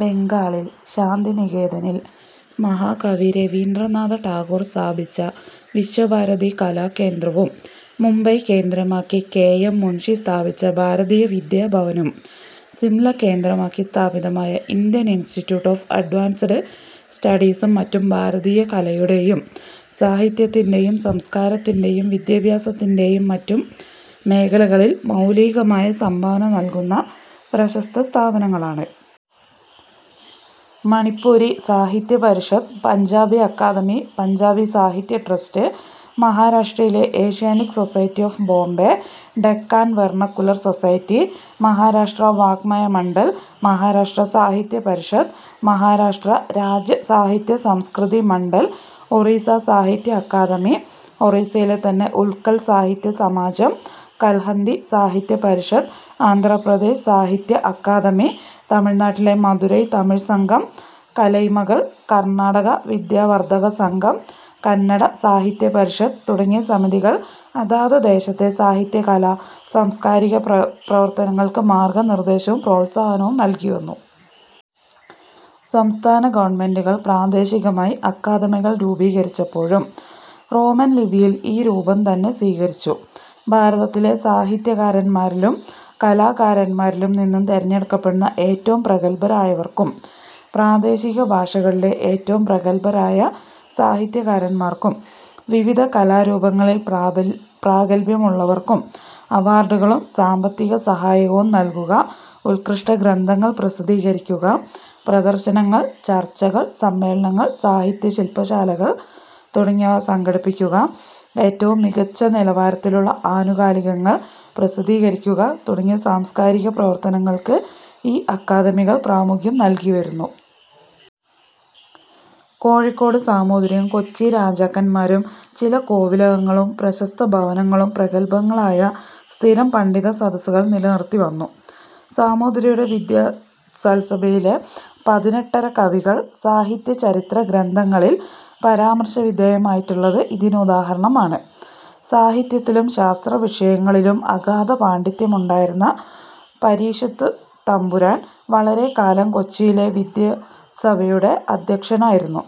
ബംഗാളിൽ ശാന്തിനികേതനിൽ മഹാകവി രബീന്ദ്രനാഥ ടാഗോർ സ്ഥാപിച്ച വിശ്വഭാരതി കലാകേന്ദ്രവും മുംബൈ കേന്ദ്രമാക്കി കെ. എം. മുൻഷി സ്ഥാപിച്ച ഭാരതീയവിദ്യാഭവനും സിംല കേന്ദ്രമാക്കി സ്ഥാപിതമായ ഇന്ത്യൻ ഇൻസ്റ്റിറ്റ്യൂട്ട് ഒഫ് അഡ്വാൻസ്ഡ് സ്റ്റഡീസും മറ്റും ഭാരതീയ കലയുടെയും സാഹിത്യത്തിന്റെയും സംസ്കാരത്തിന്റെയും വിദ്യാഭ്യാസത്തിന്റെയും മറ്റും മേഖലകളിൽ മൌലികമായ സംഭാവന നല്കുന്ന പ്രശസ്ത സ്ഥാപനങ്ങളാണ്. മണിപ്പുരി സാഹിത്യപരിഷത്, പഞ്ചാബി അക്കാദമി, പഞ്ചാബി സാഹിത്യ ട്രസ്റ്റ്, മഹാരാഷ്ട്രയിലെ Asiatic society of Bombay, Deccan vernacular society, Maharashtra വാങ്മയ മണ്ഡൽ, മഹാരാഷ്ട്ര സാഹിത്യപരിഷത്, മഹാരാഷ്ട്ര രാജ്യ സാഹിത്യസംസ്കൃതി മണ്ഡൽ, ഒറീസ സാഹിത്യ അക്കാദമി, ഒറീസയിലെ തന്നെ ഉത്കൽ സാഹിത്യസമാജം, കല്ഹൻഡി സാഹിത്യപരിഷത്, ആന്ധ്രാപ്രദേശ് സാഹിത്യ അക്കാദമി, തമിഴ്നാട്ടിലെ മധുരൈ തമിഴ് സംഘം, കലൈമകൾ, കർണാടക വിദ്യാവർധകസംഘം, കന്നഡ സാഹിത്യപരിഷത് തുടങ്ങിയ സമിതികൾ അതതു ദേശത്തെ സാഹിത്യകലാ സാംസ്കാരിക പ്രവർത്തനങ്ങൾക്കു മാർഗനിർദ്ദേശവും പ്രോത്സാഹനവും നല്കി വന്നു. സംസ്ഥാന ഗവൺമെന്റുകൾ പ്രാദേശികമായി അക്കാദമികൾ രൂപീകരിച്ചപ്പോഴും റോമൻ ലിപിയിൽ ഈ രൂപം തന്നെ സ്വീകരിച്ചു. ഭാരതത്തിലെ സാഹിത്യകാരന്മാരിലും കലാകാരന്മാരിലും നിന്നു തെരഞ്ഞെടുക്കപ്പെടുന്ന ഏറ്റവും പ്രഗല്ഭരായവർക്കും പ്രാദേശിക ഭാഷകളിലെ ഏറ്റവും പ്രഗല്ഭരായ സാഹിത്യകാരന്മാർക്കും വിവിധ കലാരൂപങ്ങളിൽ പ്രാഗല്ഭ്യമുള്ളവർക്കും അവാർഡുകളും സാമ്പത്തിക സഹായവും നല്കുക; ഉത്കൃഷ്ട ഗ്രന്ഥങ്ങൾ പ്രസിദ്ധീകരിക്കുക; പ്രദർശനങ്ങൾ, ചർച്ചകൾ, സമ്മേളനങ്ങൾ, സാഹിത്യശില്പശാലകൾ തുടങ്ങിയവ സംഘടിപ്പിക്കുക; ഏറ്റവും മികച്ച നിലവാരത്തിലുള്ള ആനുകാലികങ്ങൾ പ്രസിദ്ധീകരിക്കുക തുടങ്ങിയ സാംസ്കാരിക പ്രവർത്തനങ്ങൾക്ക് ഈ അക്കാദമികൾ പ്രാമുഖ്യം നല്കി വരുന്നു. കോഴിക്കോടു സാമൂതിരിയും കൊച്ചി രാജാക്കന്മാരും ചില കോവിലകങ്ങളും പ്രശസ്ത ഭവനങ്ങളും പ്രഗല്ഭങ്ങളായ സ്ഥിരം പണ്ഡിതസദസ്സുകൾ നിലനിറുത്തിവന്നു. സാമൂതിരിയുടെ വിദ്വത്സഭയിലെ പതിനെട്ടരക്കവികൾ സാഹിത്യചരിത്രഗ്രന്ഥങ്ങളിൽ പരാമർശ വിധേയമായിട്ടുള്ളത് ഇതിനുദാഹരണമാണ്. സാഹിത്യത്തിലും ശാസ്ത്രവിഷയങ്ങളിലും അഗാധ പാണ്ഡിത്യമുണ്ടായിരുന്ന പരീക്ഷിത്തുതമ്പുരാൻ വളരെക്കാലം കൊച്ചിയിലെ വിദ്വത്സഭയുടെ അധ്യക്ഷനായിരുന്നു.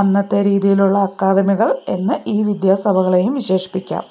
അന്നത്തെ രീതിയിലുള്ള അക്കാദമികൾ എന്ന് ഈ വിദ്വത്സഭകളെയും വിശേഷിപ്പിക്കാം.